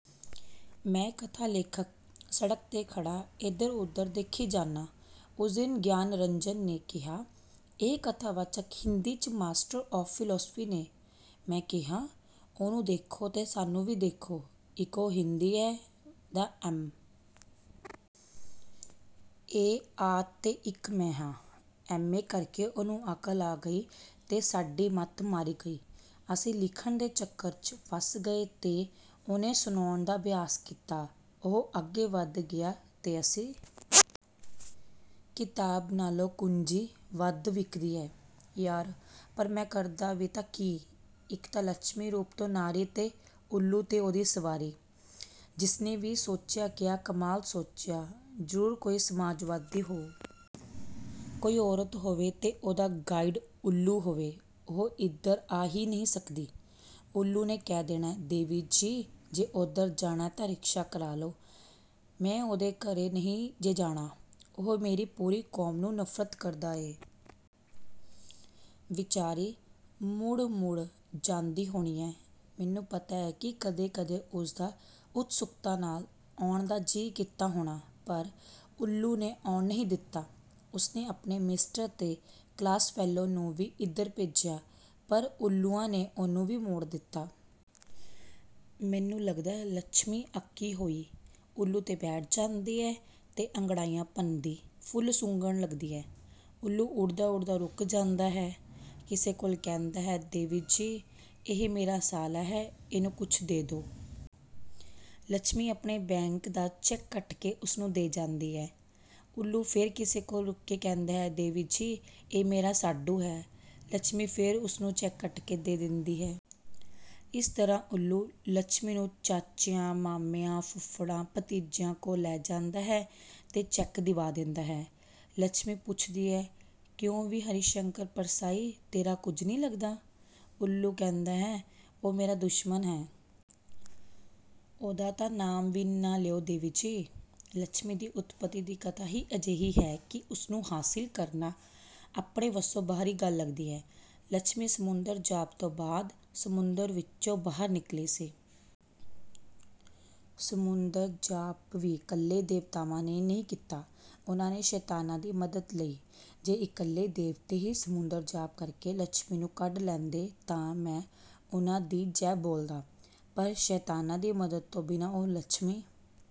ਮੈਂ, ਕਥਾ ਲੇਖਕ, ਸੜਕ 'ਤੇ ਖੜਾ ਇਧਰ-ਉਧਰ ਦੇਖੀ ਜਾਨਾਂ। ਉਸ ਦਿਨ ਗਿਆਨਰੰਜਨ ਨੇ ਕਿਹਾ, "ਇਹ ਕਥਾਵਾਚਕ ਹਿੰਦੀ 'ਚ ਮਾਸਟਰ ਆਫ ਫਿਲਾਸਫੀ ਨੇ। " ਮੈਂ ਕਿਹਾ, "ਉਹਨੂੰ ਦੇਖੋ ਤੇ ਸਾਨੂੰ ਵੀ ਦੇਖੋ। ਇੱਕ ਉਹ ਹਿੰਦੀ ਐ ਦਾ ਐਮ. ਏ ਆ ਤੇ ਇੱਕ ਮੈਂ ਹਾਂ। ਐਮ. ਏ ਕਰਕੇ ਉਹਨੂੰ ਅਕਲ ਆ ਗਈ ਤੇ ਸਾਡੀ ਮੱਤ ਮਾਰੀ ਗਈ। ਅਸੀਂ ਲਿਖਣ ਦੇ ਚੱਕਰ 'ਚ ਫਸ ਗਏ ਤੇ ਉਹਨੇ ਸੁਣਾਉਣ ਦਾ ਅਭਿਆਸ ਕੀਤਾ। ਉਹ ਅੱਗੇ ਵਧ ਗਿਆ ਤੇ ਅਸੀਂ? ਕਿਤਾਬ ਨਾਲੋਂ ਕੁੰਜੀ ਵੱਧ ਵਿਕਦੀ ਹੈ। ਯਾਰ, ਪਰ ਮੈਂ ਕਰਦਾ ਵੀ ਤਾਂ ਕੀ? ਇੱਕ ਤਾਂ ਲੱਛਮੀ ਰੂਪ ਤੋਂ ਨਾਰੀ, ਤੇ ਉੱਲੂ ਤੇ ਉਹਦੀ ਸਵਾਰੀ। ਜਿਸਨੇ ਵੀ ਸੋਚਿਆ ਕਿਆ ਕਮਾਲ ਸੋਚਿਆ। ਜਰੂਰ ਕੋਈ ਸਮਾਜਵਾਦੀ ਹੋਊ। ਕੋਈ ਔਰਤ ਹੋਵੇ ਤੇ ਉਹਦਾ 'ਗਾਈਡ' ਉੱਲੂ ਹੋਵੇ ਉਹ ਇੱਧਰ ਆ ਹੀ ਨਹੀਂ ਸਕਦੀ। ਉੱਲੂ ਨੇ ਕਹਿ ਦੇਣਾ- 'ਦੇਵੀ ਜੀ ਜੇ ਉੱਧਰ ਜਾਣਾ ਤਾਂ ਰਿਕਸ਼ਾ ਕਰਾਲੋ। ਮੈਂ ਉਹਦੇ ਘਰੇ ਨਹੀਂ ਜੇ ਜਾਣਾ। ਉਹ ਮੇਰੀ ਪੂਰੀ ਕੌਮ ਨੂੰ ਨਫਰਤ ਕਰਦਾ ਹੈ। ' ਵਿਚਾਰੀ ਮੁੜ-ਮੜ ਜਾਂਦੀ ਹੋਣੀ ਆ। ਮੈਨੂੰ ਪਤਾ ਹੈ ਕਿ ਕਦੇ-ਕਦੇ ਉਸਦਾ ਉਤਸੁਕਤਾ ਨਾਲ਼ ਆਉਣ ਦਾ ਜੀਅ ਕੀਤਾ ਹੋਣਾ। ਪਰ ਉੱਲੂ ਨੇ ਆਉਣ ਨਹੀਂ ਦਿੱਤਾ। ਉਸਨੇ ਆਪਣੇ 'ਮਿਸਟਰ' ਤੇ 'ਕਲਾਸਫੈਲੋ' ਨੂੰ ਵੀ ਇੱਧਰ ਭੇਜਿਆ, ਪਰ ਉੱਲੂਆਂ ਨੇ ਉਹਨੂੰ ਵੀ ਮੋੜ ਦਿੱਤਾ। ਮੈਨੂੰ ਲੱਗਦਾ, ਲੱਛਮੀ ਅੱਕੀ ਹੋਈ ਉੱਲੂ ਤੇ ਬੈਠ ਜਾਂਦੀ ਹੈ ਤੇ ਅੰਗੜਾਈਆਂ ਭੰਨਦੀ ਫੁੱਲ ਸੁੰਘਣ ਲੱਗਦੀ ਹੈ। ਉੱਲੂ ਉੱਡਦਾ-ਉੱਡਦਾ ਰੁਕ ਜਾਂਦਾ ਹੈ, ਕਿਸੇ ਕੋਲ। ਕਹਿੰਦਾ ਹੈ- 'ਦੇਵੀ ਜੀ, ਇਹ ਮੇਰਾ ਸਾਲਾ ਹੈ। ਇਹਨੂੰ ਕੁਛ ਦੇ ਦੋ। ' ਲੱਛਮੀ ਆਪਣੇ ਬੈਂਕ ਦਾ ਚੈੱਕ ਕੱਟ ਕੇ ਉਸਨੂੰ ਦੇ ਜਾਂਦੀ ਹੈ।। ਉੱਲੂ ਫੇਰ ਕਿਸੇ ਕੋਲ ਰੁਕ ਕੇ ਕਹਿੰਦਾ ਹੈ- ਦੇਵੀ ਜੀ, ਇਹ ਮੇਰਾ ਸਾਢੂ ਹੈ। ਲੱਛਮੀ ਫੇਰ ਉਸਨੂੰ ਚੈੱਕ ਕੱਟ ਕੇ ਦੇ ਦਿੰਦੀ ਹੈ। ਇਸ ਤਰਾਂ ਉੱਲੂ, ਲੱਛਮੀ ਨੂੰ ਚਾਚਿਆਂ, ਮਾਮਿਆਂ, ਫੁੱਫੜਾਂ, ਭਤੀਜਿਆਂ ਕੋਲ ਲੈ ਜਾਂਦਾ ਹੈ ਤੇ ਚੈਕ ਦਿਵਾ ਦਿੰਦਾ ਹੈ। ਲੱਛਮੀ ਪੁੱਛਦੀ ਹੈ, "ਕਿਉਂ ਵੀ ਹਰੀਸ਼ੰਕਰ ਪਰਸਾਈ, ਤੇਰਾ ਕੁਝ ਨੀਂ ਲੱਗਦਾ? " ਉੱਲੂ ਕਹਿੰਦਾ ਹੈ, "ਉਹ ਮੇਰਾ ਦੁਸ਼ਮਣ ਹੈ। ਉਹਦਾ ਤਾਂ ਨਾਮ ਵੀ ਨਾਂ ਲਿਉ ਦੇਵੀ ਜੀ! " ਲੱਛਮੀ ਦੀ ਉਤਪਤੀ ਦੀ ਕਥਾ ਹੀ ਅਜਿਹੀ ਹੈ ਕਿ ਉਸ ਨੂੰ ਹਾਸਿਲ ਕਰਨਾ ਆਪਣੇ ਵੱਸੋਂ ਬਾਹਰੀ ਗੱਲ ਲੱਗਦੀ ਹੈ। ਲੱਛਮੀ ਸਮੁੰਦਰ ਜਾਪ ਤੋਂ ਬਾਅਦ ਸਮੁੰਦਰ ਵਿੱਚੋਂ ਬਾਹਰ ਨਿੱਕਲੀ ਸੀ। ਸਮੁੰਦਰ ਜਾਪ ਵੀ 'ਕੱਲੇ ਦੇਵਤਾਵਾਂ ਨੇ ਨੀਂ ਕੀਤਾ। ਉਹਨਾਂ ਨੇ ਸ਼ੈਤਾਨਾਂ ਦੀ ਮਦਦ ਲਈ। ਜੇ ਇਕੱਲੇ ਦੇਵਤੇ ਹੀ ਸਮੁੰਦਰ ਜਾਪ ਕਰਕੇ ਲੱਛਮੀ ਨੂੰ ਕੱਢ ਲੈਂਦੇ, ਤਾਂ ਮੈਂ ਉਹਨਾਂ ਦੀ ਜੈ ਬੋਲਦਾ। ਪਰ 'ਸ਼ੈਤਾਨਾਂ' ਦੀ ਮਦਦ ਤੋਂ ਬਿਨਾਂ ਉਹ ਲੱਛਮੀ